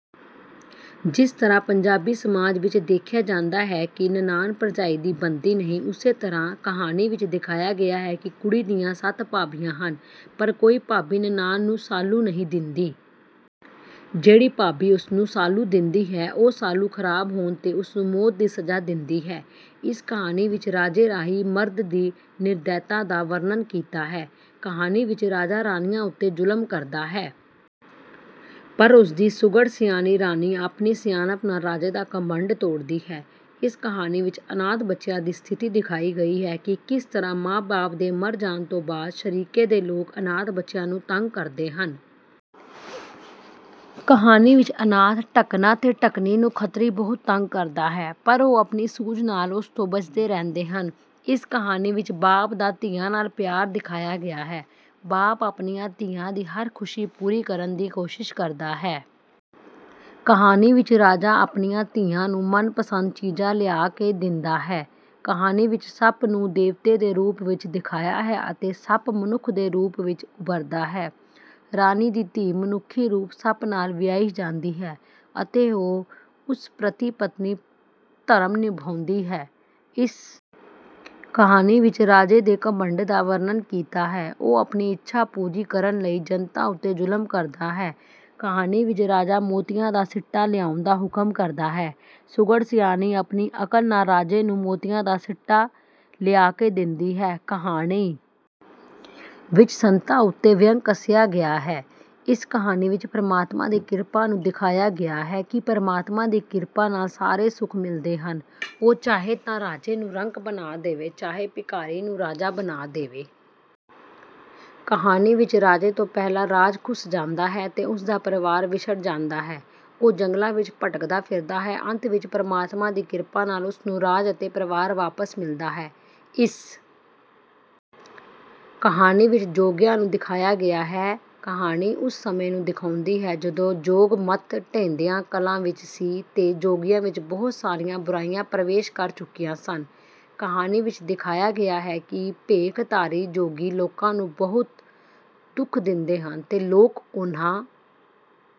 ਜਿਸ ਤਰ੍ਹਾਂ ਪੰਜਾਬੀ ਸਮਾਜ ਵਿਚ ਦੇਖਿਆ ਜਾਂਦਾ ਹੈ ਕਿ ਨਨਾਣ-ਭਰਜਾਈ ਦੀ ਬਣਦੀ ਨਹੀਂ, ਉਸੇ ਤਰ੍ਹਾਂ ਕਹਾਣੀ ਵਿਚ ਦਿਖਾਇਆ ਗਿਆ ਹੈ ਕਿ ਕੁੜੀ ਦੀਆਂ ਸੱਤ ਭਾਬੀਆਂ ਹਨ। ਪਰ ਕੋਈ ਭਾਬੀ ਨਨਾਣ ਨੂੰ ਸਾਲੂ ਨਹੀਂ ਦਿੰਦੀ। ਜਿਹੜੀ ਭਾਬੀ ਉਸਨੂੰ ਸਾਲੂ ਦਿੰਦੀ ਹੈ, ਉਹ ਸਾਲੂ ਖ਼ਰਾਬ ਹੋਣ ’ਤੇ ਉਸਨੂੰ ਮੌਤ ਦੀ ਸਜ਼ਾ ਦਿੰਦੀ ਹੈ। ਇਸ ਕਹਾਣੀ ਵਿਚ ਰਾਜੇ ਰਾਹੀਂ ਮਰਦ ਦੀ ਨਿਰਦੈਤਾ ਦਾ ਵਰਣਨ ਕੀਤਾ ਹੈ। ਕਹਾਣੀ ਵਿਚ ਰਾਜਾ ਰਾਣੀਆਂ ਉੱਤੇ ਜ਼ੁਲਮ ਕਰਦਾ ਹੈ। ਪਰ ਉਸਦੀ ਸੁਘੜ-ਸਿਆਣੀ ਰਾਣੀ ਆਪਣੀ ਸਿਆਣਪ ਨਾਲ ਰਾਜੇ ਦਾ ਘਮੰਡ ਤੋੜਦੀ ਹੈ। ਇਸ ਕਹਾਣੀ ਵਿਚ ਅਨਾਥ ਬੱਚਿਆਂ ਦੀ ਸਥਿਤੀ ਦਿਖਾਈ ਗਈ ਹੈ ਕਿ ਕਿਸ ਤਰ੍ਹਾਂ ਮਾਂ-ਬਾਪ ਦੇ ਮਰ ਜਾਣ ਤੋਂ ਬਾਅਦ ਸ਼ਰੀਕੇ ਦੇ ਲੋਕ ਅਨਾਥ ਬੱਚਿਆਂ ਨੂੰ ਤੰਗ ਕਰਦੇ ਹਨ। ਕਹਾਣੀ ਵਿਚ ਅਨਾਥ ਢੱਕਣਾ ਤੇ ਢੱਕਣੀ ਨੂੰ ਖੱਤਰੀ ਬਹੁਤ ਤੰਗ ਕਰਦਾ ਹੈ। ਪਰ ਉਹ ਆਪਣੀ ਸੂਝ ਨਾਲ ਉਸ ਤੋਂ ਬਚਦੇ ਰਹਿੰਦੇ ਹਨ। ਇਸ ਕਹਾਣੀ ਵਿਚ ਬਾਪ ਦਾ ਧੀਆਂ ਨਾਲ ਪਿਆਰ ਦਿਖਾਇਆ ਗਿਆ ਹੈ। ਬਾਪ ਆਪਣੀਆਂ ਧੀਆਂ ਦੀ ਹਰ ਖੁਸ਼ੀ ਪੂਰੀ ਕਰਨ ਦੀ ਕੋਸ਼ਿਸ਼ ਕਰਦਾ ਹੈ। ਕਹਾਣੀ ਵਿਚ ਰਾਜਾ ਆਪਣੀਆਂ ਧੀਆਂ ਨੂੰ ਮਨਪਸੰਦ ਚੀਜ਼ਾਂ ਲਿਆ ਕੇ ਦਿੰਦਾ ਹੈ। ਕਹਾਣੀ ਵਿਚ ਸੱਪ ਨੂੰ ਦੇਵਤੇ ਦੇ ਰੂਪ ਵਿਚ ਦਿਖਾਇਆ ਹੈ ਅਤੇ ਸੱਪ ਮਨੁੱਖ ਦੇ ਰੂਪ ਵਿਚ ਉਭਰਦਾ ਹੈ। ਰਾਣੀ ਦੀ ਧੀ ਮਨੁੱਖੀ ਰੂਪੀ ਸੱਪ ਨਾਲ ਵਿਆਹੀ ਜਾਂਦੀ ਹੈ ਅਤੇ ਉਹ ਉਸ ਪ੍ਰਤੀ ਪਤਨੀ ਧਰਮ ਨਿਭਾਉਂਦੀ ਹੈ। ਇਸ ਕਹਾਣੀ ਵਿਚ ਰਾਜੇ ਦੇ ਘਮੰਡ ਦਾ ਵਰਣਨ ਕੀਤਾ ਹੈ। ਉਹ ਆਪਣੀ ਇੱਛਾ ਪੂਰੀ ਕਰਨ ਲਈ ਜਨਤਾ ਉੱਤੇ ਜ਼ੁਲਮ ਕਰਦਾ ਹੈ। ਕਹਾਣੀ ਵਿਚ ਰਾਜਾ ਮੋਤੀਆਂ ਦਾ ਸਿੱਟਾ ਲਿਆਉਣ ਦਾ ਹੁਕਮ ਕਰਦਾ ਹੈ। ਸੁਘੜ-ਸਿਆਣੀ ਆਪਣੀ ਅਕਲ ਨਾਲ ਰਾਜੇ ਨੂੰ ਮੋਤੀਆਂ ਦਾ ਸਿੱਟਾ ਲਿਆ ਕੇ ਦਿੰਦੀ ਹੈ। ਕਹਾਣੀ ਵਿੱਚ ਸੰਤਾਂ ਉੱਤੇ ਵਿਅੰਗ ਕੱਸਿਆ ਗਿਆ ਹੈ। ਇਸ ਕਹਾਣੀ ਵਿਚ ਪਰਮਾਤਮਾ ਦੀ ਕਿਰਪਾ ਨੂੰ ਦਿਖਾਇਆ ਗਿਆ ਹੈ ਕਿ ਪਰਮਾਤਮਾ ਦੀ ਕਿਰਪਾ ਨਾਲ ਸਾਰੇ ਸੁੱਖ ਮਿਲਦੇ ਹਨ। ਉਹ ਚਾਹੇ ਤਾਂ ਰਾਜੇ ਨੂੰ ਰੰਕ ਬਣਾ ਦੇਵੇ, ਚਾਹੇ ਭਿਖਾਰੀ ਨੂੰ ਰਾਜਾ ਬਣਾ ਦੇਵੇ। ਕਹਾਣੀ ਵਿਚ ਰਾਜੇ ਤੋਂ ਪਹਿਲਾਂ ਰਾਜ ਖੁੱਸ ਜਾਂਦਾ ਹੈ ਤੇ ਉਸਦਾ ਪਰਿਵਾਰ ਵਿਛੜ ਜਾਂਦਾ ਹੈ। ਉਹ ਜੰਗਲਾਂ ਵਿਚ ਭਟਕਦਾ ਫਿਰਦਾ ਹੈ। ਅੰਤ ਵਿਚ ਪਰਮਾਤਮਾ ਦੀ ਕਿਰਪਾ ਨਾਲ ਉਸਨੂੰ ਰਾਜ ਅਤੇ ਪਰਿਵਾਰ ਵਾਪਸ ਮਿਲਦਾ ਹੈ। ਇਸ ਕਹਾਣੀ ਵਿਚ ਜੋਗੀਆਂ ਨੂੰ ਦਿਖਾਇਆ ਗਿਆ ਹੈ। ਕਹਾਣੀ ਉਸ ਸਮੇਂ ਨੂੰ ਦਿਖਾਉਂਦੀ ਹੈ ਜਦੋਂ ਜੋਗ ਮਤ ਢਹਿੰਦੀਆਂ ਕਲਾਂ ਵਿਚ ਸੀ ਤੇ ਜੋਗੀਆਂ ਵਿਚ ਬਹੁਤ ਸਾਰੀਆਂ ਬੁਰਾਈਆਂ ਪ੍ਰਵੇਸ਼ ਕਰ ਚੁੱਕੀਆਂ ਸਨ। ਕਹਾਣੀ ਵਿਚ ਦਿਖਾਇਆ ਗਿਆ ਹੈ ਕਿ ਭੇਖਧਾਰੀ ਜੋਗੀ ਲੋਕਾਂ ਨੂੰ ਬਹੁਤ ਦੁੱਖ ਦਿੰਦੇ ਹਨ ਤੇ ਲੋਕ ਉਨ੍ਹਾਂ...